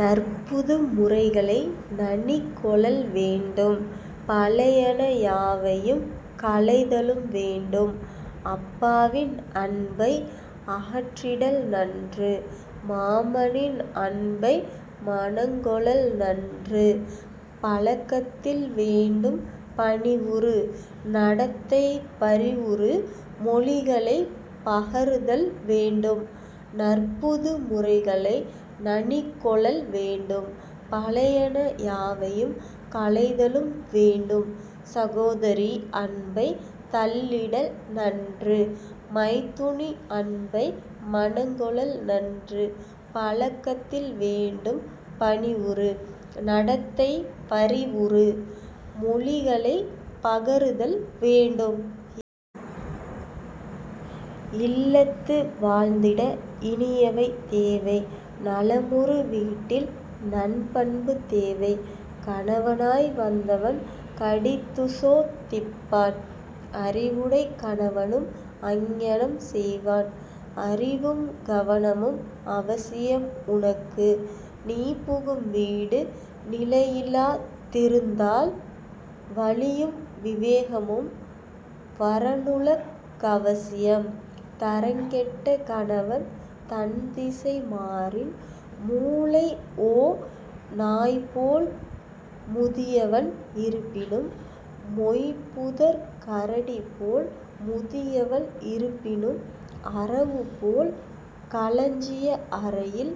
நற்புது முறைகளை நனிகொளல் வேண்டும் பழையன யாவையும் களைதலும் வேண்டும் அப்பாவின் அன்பை அகற்றிடல் நன்று மாமனின் அன்பை மனங்கொளல் நன்று பழக்கத்தில் வேண்டும் பணிவுறு நடத்தை பரிவுறு மொழிகளைப் பகருதல் வேண்டும். நற்புது முறைகளை நனிகொளல் வேண்டும் பழையன யாவையும் களைதலும் வேண்டும் சகோதரி அன்பைத் தள்ளிடல் நன்று மைத்துனி அன்பை மனங்கொளல் நன்று பழக்கத்தில் வேண்டும் பணிவுறு நடத்தை பரிவுறு மொழிகளைப் பகருதல் வேண்டும். இல்லத்து வாழ்ந்திட இனியவை தேவை நலமுறு வீட்டில் நன்பண்பு தேவை கணவனாய் வந்தவன் கடிதுசோ திப்பான் அறிவுடைக் கணவனும் அங்ஙனம் செய்வான். அறிவும் கவனமும் அவசியம் உனக்கு நீபுகும் வீடு நிலையிலா திருந்தால் வலியும் விவேகமும் வரனுலக் அவசியம் தரங்கெட்ட கணவன் தன்திசை மாறின். மூலைஓ நாய்போல் முதியவன் இருப்பினும் மொய்புதர்க் கரடிபோல் முதியவள் இருப்பினும் அரவுபோல் களஞ்சிய அறையில்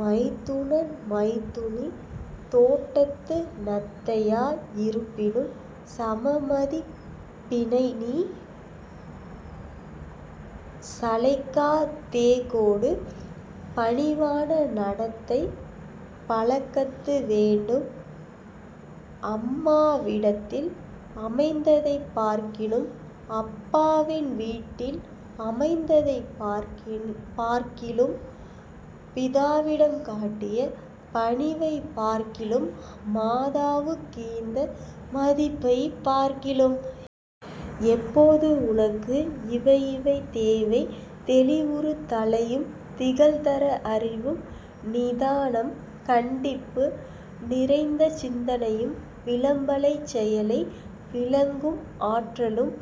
மைத்துனன் மைத்துனி தோட்டத்து நத்தையா யிருப்பினும் சமமதிப் பினைநீ சளைக்கா தேகொடு பணிவான நடத்தை பழக்கத்து வேண்டும் அம்மா விடத்தில் அமைந்ததைப் பார்க்கிலும் அப்பாவின் வீட்டில் அமைந்ததைப் பார்க்கிலும் பிதாவிடம் காட்டிய பணிவைப் பார்க்கிலும் மாதாவுக் கீந்த மதிப்பைப் பார்க்கிலும். எப்போது உனக்கு இவையிவை தேவை தெளிவுறு தலையும் திகழ்தர அறிவும் நிதானம் கண்டிப்பு நிறைந்தசிந் தனையும் விளம்பலைச் செயலை விளங்கும் ஆற்றலும்.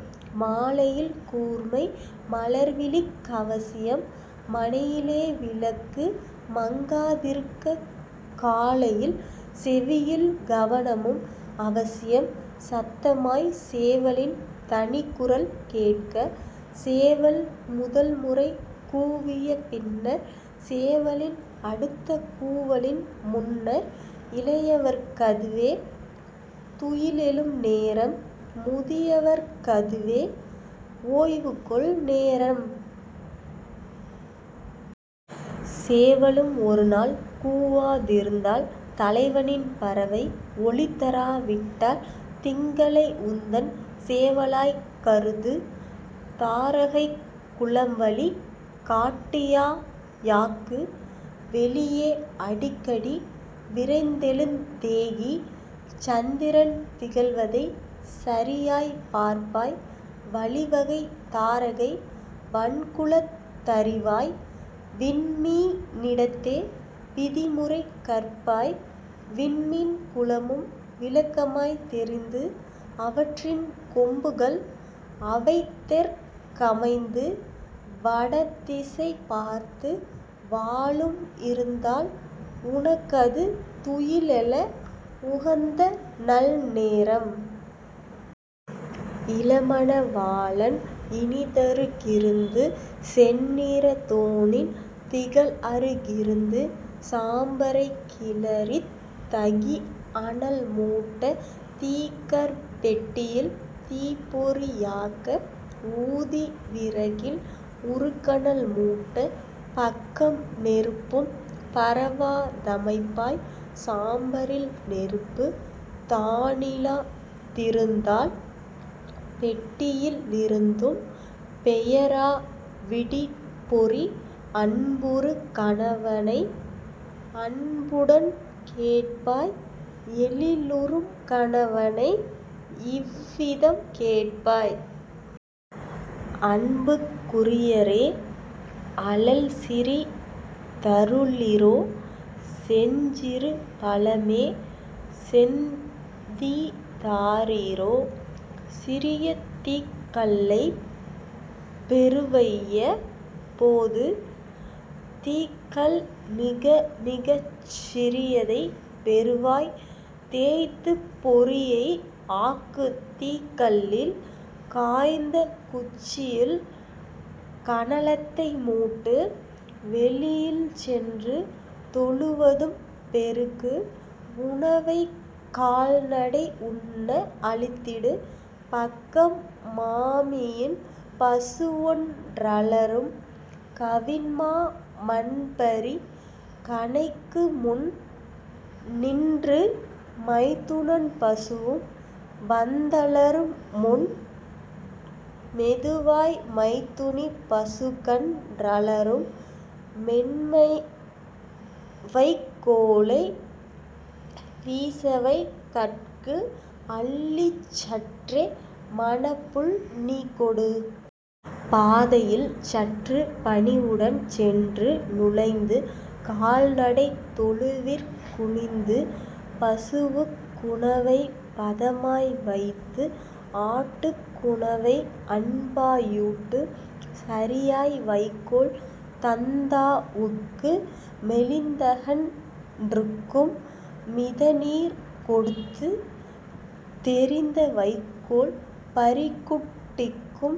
மாலையில் கூர்மை மலர்விழிக் அவசியம் மனையிலே விளக்கு மங்கா திருக்க காலையில் செவியில் கவனமும் அவசியம் சத்தமாய்ச் சேவலின் தனிக்குரல் கேட்க. சேவல் முதல்முறை கூவிய பின்னர் சேவலின் அடுத்த கூவலின் முன்னர் இளையவர்க் கதுவே துயிலெழும் நேரம் முதியவர்க் கதுவே ஓய்வுகொள் நேரம். சேவலும் ஒருநாள் கூவா திருந்தால் தலைவனின் பறவை ஒலிதரா விட்டால் திங்களை உந்தன் சேவலாய்க் கருது தாரகைக் குலம்வழி காட்டியா யாக்கு. வெளியே அடிக்கடி விரைந்தெழுந் தேகி சந்திரன் திகழ்வதைச் சரியாய்ப் பார்ப்பாய் வழிவகை தாரகை வண்குலத் தறிவாய் விண்மீ னிடத்தே விதிமுறை கற்பாய். விண்மீன் குலமும் விளக்கமாய்த் தெரிந்து அவற்றின் கொம்புகள் அவைதெற் கமைந்து வடதிசை பார்த்து வாலும் இருந்தால் உனக்கது துயிலெழ உகந்தநல் நேரம். இளமண வாளன் இனிதரு கிருந்து செந்நிறத் தோனின் திகழ்அரு கிருந்து சாம்பரைக் கிளறித் தகிஅனல் மூட்ட தீக்கற் பெட்டியில் தீப்பொறி யாக்க ஊதி விறகில் உறுகனல் மூட்ட பக்கம் நெருப்பும் பரவா தமைப்பாய். சாம்பரில் நெருப்புத் தானிலா திருந்தால் பெட்டியி லிருந்தும் பெயரா விடிற்பொறி அன்புறு கணவனை அன்புடன் கேட்பாய் எழிலுறும் கணவனை இவ்விதம் கேட்பாய். அன்புக் உரியரே அழல்சிறி தருளிரோ செஞ்சிறு பழமே செந்தீ தாரிரோ. சிறியதீக் கல்லைப் பெறுவையப் போது தீக்கல் மிகமிகச் சிறியதைப் பெறுவாய் தேய்த்துப் பொறியை ஆக்குதீக் கல்லில் காய்ந்த குச்சியில் கனலதை மூட்டு. வெளியில் சென்று தொழுவதும் பெருக்கு உணவைக் கால்நடை உண்ண அளித்திடு. பக்கம் மாமியின் பசுவொன் றலறும் கவின்மா மன்பரி கனைக்குமுன் னின்று மைத்துனன் பசுவும் வந்த லறும்முன் மெதுவாய் மைத்துனி பசுக்கன் றலறும் மென்மைவைக் கோலை வீசவை கட்கு அள்ளிச் சற்றே மணப்புல் நீகொடு. பாதையில் சற்றுப் பணிவுடன் சென்று நுழைந்து கால்நடைத் தொழுவிற் குனிந்து பசுவுக் உணவைப் பதமாய் வைத்து ஆட்டுக் குணவை அன்பா யூட்டு. சரியாய் வைக்கோல் தந்தா வுக்கு மெலிந்தகன் றுக்கும் மிதநீர் கொடுத்து தெரிந்த வைக்கோல் பரிக்குட் டிக்கும்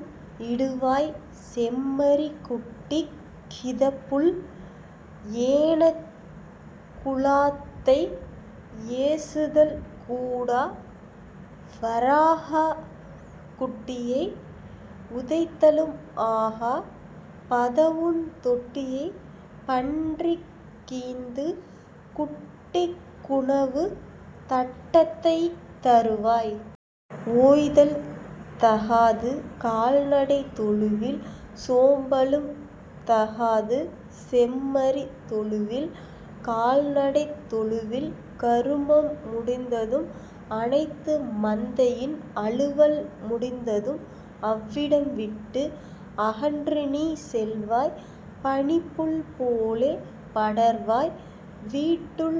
இடுவாய் செம்மறிக் குட்டிக் கிதப்புல். ஏனக் குழாத்தை ஏசுதல் கூடா வராகக் குட்டியை உதைத்தலும் ஆகா பதவூண் தொட்டியைப் பன்றிக் ஈந்து குட்டிக் குணவுத் தட்டத்தைத் தருவாய். ஓய்தல் தகாது கால்நடைத் தொழுவில் சோம்பலும் தகாது செம்மறித் தொழுவில் கால்நடைத் தொழுவில் கருமம் முடிந்ததும் அனைத்து மந்தையின் அலுவல் முடிந்ததும் அவ்விடம் விட்டு அகன்றுநீ செல்வாய் பனிப்புயல் போலே படர்வாய் வீட்டுள்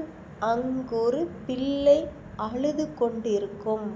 அங்கொரு பிள்ளை அழுதுகொண் டிருக்கும்.